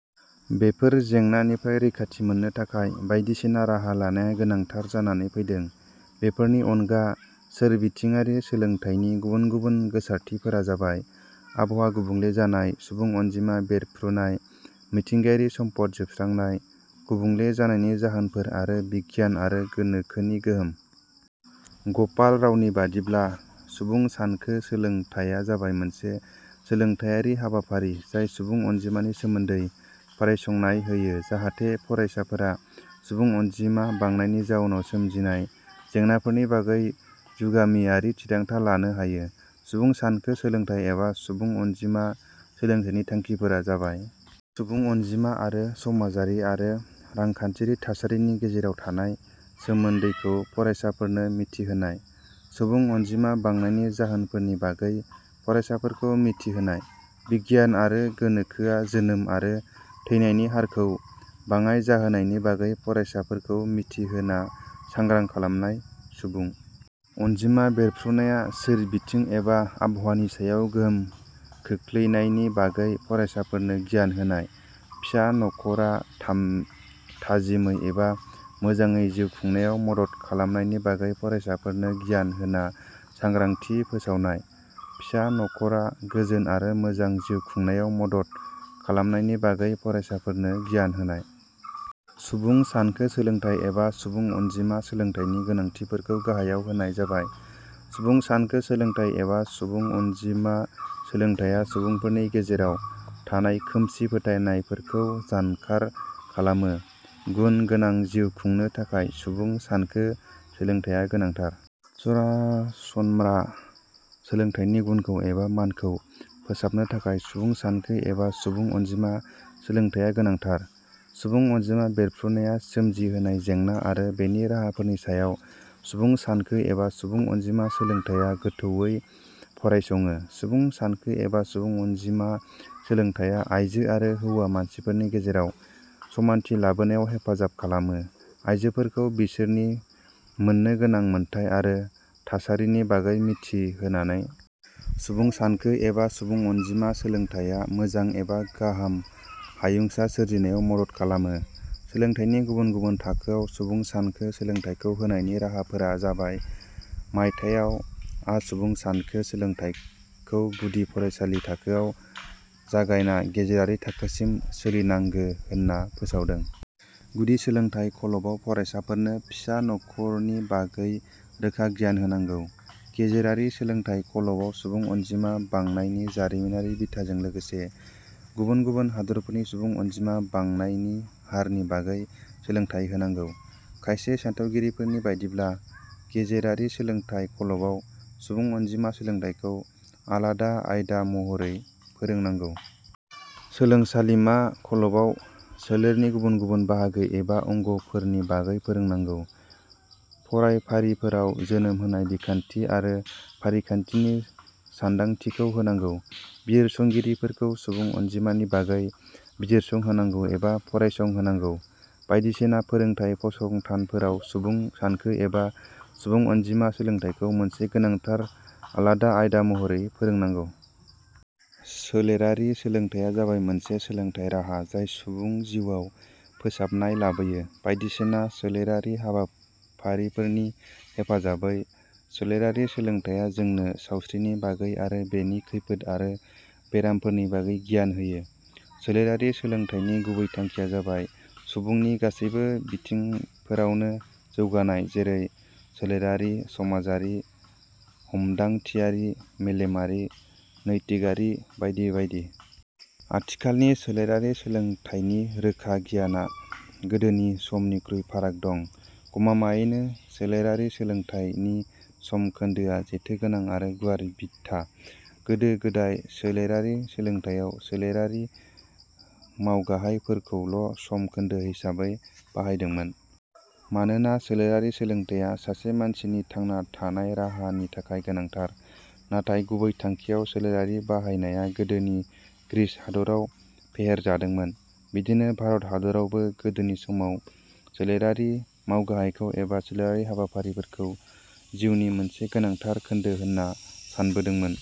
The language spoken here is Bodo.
बेफोर जेंनानिफ्राय रैखाथि मोननो थाखाय बाइदिसिना राहा लानाया गोनांथार जानानै फैदों।. बेफोरनि अनगा, सोरबिथिङारि सोलोंथाइनि गुबुन गुबुन गोसारथिफोरा जाबाय, आबहावा गुबुंले जानाय, सुबुं अनजिमा बेरफ्रुनाय, मिथिंगायारि सम्पद जोबस्रांनाय, गुबुंले जानायनि जाहोनफोर आरो बिगियान आरो गोनोखोनि गोहोम।: ग 'पाल रावनि बादिब्ला, "सुबुं सानखो सोलोंथाइया जाबाय मोनसे सोलोंथाइयारि हाबाफारि जाय सुबुं अनजिमानि सोमोन्दै फरायसंनाय होयो जाहाथे फरायसाफोरा सुबुं अनजिमा बांनायनि जाउनाव सोमजिनाय जेंनाफोरनि बागै जुगामियारि थिरांथा लानो हायो। सुबुं सानखो सोलोंथाइ एबा सुबुं अनजिमा सोलोंथाइनि थांखिफोरा जाबायः. सुबुं अनजिमा आरो समाजारि आरो रांखान्थियारि थासारिनि गेजेराव थानाय सोमोन्दैखौ फरायसाफोरनो मिथिहोनाय।. सुबुं अनजिमा बांनायनि जाहोनफोरनि बागै फरायसाफोरखौ मिथिहोनाय।. बिगियान आरो गोनोखोआ जोनोम आरो थैनायनि हारखौ बाङाय जाहोनायनि बागै फरायसाफोरखौ मिथि होना सांग्रां खालामनाय।.सुबुं अनजिमा बेरफ्रुनाया सोरबिथिं एबा आबहावानि सायाव गोहोम खोखलैनायनि बागै फरायसाफोरनो गियान होनाय।.फिसा नख 'रा थाम थाजिमै एबा मोजांयै जिउ खुंनायाव मदद खालामनायनि बागै फरायसाफोरनो गियान होना सांग्रांथि फोसावनाय।.फिसा नख 'रा गोजोन आरो मोजां जिउ खुंनायाव मदद खालामनायनि बागै फरायसाफोरनो गियान होनाय।: सुबुं सानखो सोलोंथाइ एबा सुबुं अनजिमा सोलोंथाइनि गोनांथिफोरखौ गाहायाव होनाय जाबायः सुबुं सानखो सोलोंथाइ एबा सुबुं अनजिमा सोलोंथाइया सुबुंफोरनि गेजेराव थानाय खोमसि फोथायनाय फोरखौ जानखार खालामो। गुन गोनां जिउ खुंनो थाखाय सुबुं सानखो सोलोंथाइया गोनांथार। सरासनम्रा सोलोंथाइनि गुनखौ एबा मानखौ फोसाबनो थाखाय सुबुं सानखो एबा सुबुं अनजिमा सोलोंथाइया गोनांथार। सुबुं अनजिमा बेफ्रुनाया सोमजिहोनाय जेंना आरो बेनि राहाफोरनि सायाव सुबुं सानखो एबा सुबुं अनजिमा सोलोंथाइया गोथौयै फरायसङो। सुबुं सानखो एबा सुबुं अनजिमा सोलोंथाइया आइजो आरो हौवा मानसिफोरनि गेजेराव समानथि लाबोनायाव हेफाजाब खालामो आइजोफोरखौ बिसोरनि मोननो गोनां मोनथाइ आरो थासारिनि बागै मिथि होनानै। सुबुं सानखो एबा सुबुं अनजिमा सोलोंथाइया मोजां एबा गाहाम हायुंसा सोरजिनायाव मदद खालामो।: सोलोंथाइनि गुबुन गुबुन थाखोआव सुबुं सानखो सोलोंथाइखौ होनायनि राहाफोरा जाबाय:. मायथाइयाव, आ सुबुं सानखो सोलोंथाइखौ गुदि फरायसालि थाखोआव जागायना गेजेरारि थाखोसिम सोलिनांगो होनना फोसावदों।. गुदि सोलोंथाइ खल 'बाव फरायसाफोरनो फिसा नख 'रनि बागै रोखा गियान होनांगौ।. गेजेरारि सोलोंथाइ खल 'बाव सुबुं अनजिमा बांनायनि जारिमिनारि बिथाजों लोगोसे गुबुन गुबुन हादरफोरनि सुबुं अनजिमा बांनायनि हारनि बागै सोलोंथाइ होनांगौ।. खायसे सान्थौगिरिफोरनि बादिब्ला गेजेरारि सोलोंथाइ खल 'बाव सुबुं अनजिमा सोलोंथाइखौ आलादा आयदा महरै फोरोंनांगौ।. सोलोंसालिमा खल 'बाव, सोलेरनि गुबुन गुबुन बाहागो एबा अंग 'फोरनि बागै फोरोंनांगौ। फरायफारिफोराव जोनोम होनाय बिखान्थि आरो फारिखान्थिनि सान्दांथिखौ होनांगौ।. बिजिरसंगिरिफोरखौ सुबुं अनजिमानि बागै बिजिरसंहोनांगौ एबा फरायसं होनांगौ।. बायदिसिना फोरोंथाइ फसंथानफोराव सुबुं सानखो एबा सुबुं अनजिमा सोलोंथाइखौ मोनसे गोनांथार आलादा आयदा महरै फोरोंनांगौ।: सोलेरारि सोलोंथाइया जाबाय मोनसे सोलोंथाइ राहा जाय सुबुं जिउआव फोसाबनाय लाबोयो बायदिसिना सोलेरारि हाबाफारिफोरनि हेफाजाबै। सोलेरारि सोलोंथाइया जोंनो सावस्रिनि बागै आरो बेनि खैफोद आरो बेरामफोरनि बागै गियान होयो। सोलेरारि सोलोंथाइनि गुबै थांखिया जाबाय, सुबुंनि गासैबो बिथिंफोरावनो जौगानाय जेरै- सोलेरारि, समाजारि, हमदांथियारि, मेलेमारि, नैतिकआरि बायदि बायदि।: आथिखालनि सोलेरारि सोलोंथाइनि रोखा गियाना गोदोनि समनिख्रुइ फाराग दं। गमामायैनो "सोलेरारि सोलोंथाइ " नि सम खोन्दोआ जेथो गोनां आरो गुवार बिथा। गोदो गोदाय सोलेरारि सोलोंथाइयाव सोलेरारि मावगाहाय फोरखौल' सम खोन्दो हिसाबै बाहायदोंमोन। मानोना सोलेरारि सोलोंथाइया सासे मानसिनि थांना थानाय राहानि थाखाय गोनांथार। नाथाइ गुबै थांखियाव सोलेरारि बाहायनाया गोदोनि ग्रीच हादराव फेहेरजादोंमोन। बिदिनो भारत हादरावबो गोदोनि समाव सोलेरारि मावगाहायखौ एबा सोलेरारि हाबाफारिफोरखौ जिउनि मोनसे गोनांथार खोन्दो होनना सानबोदोंमोन।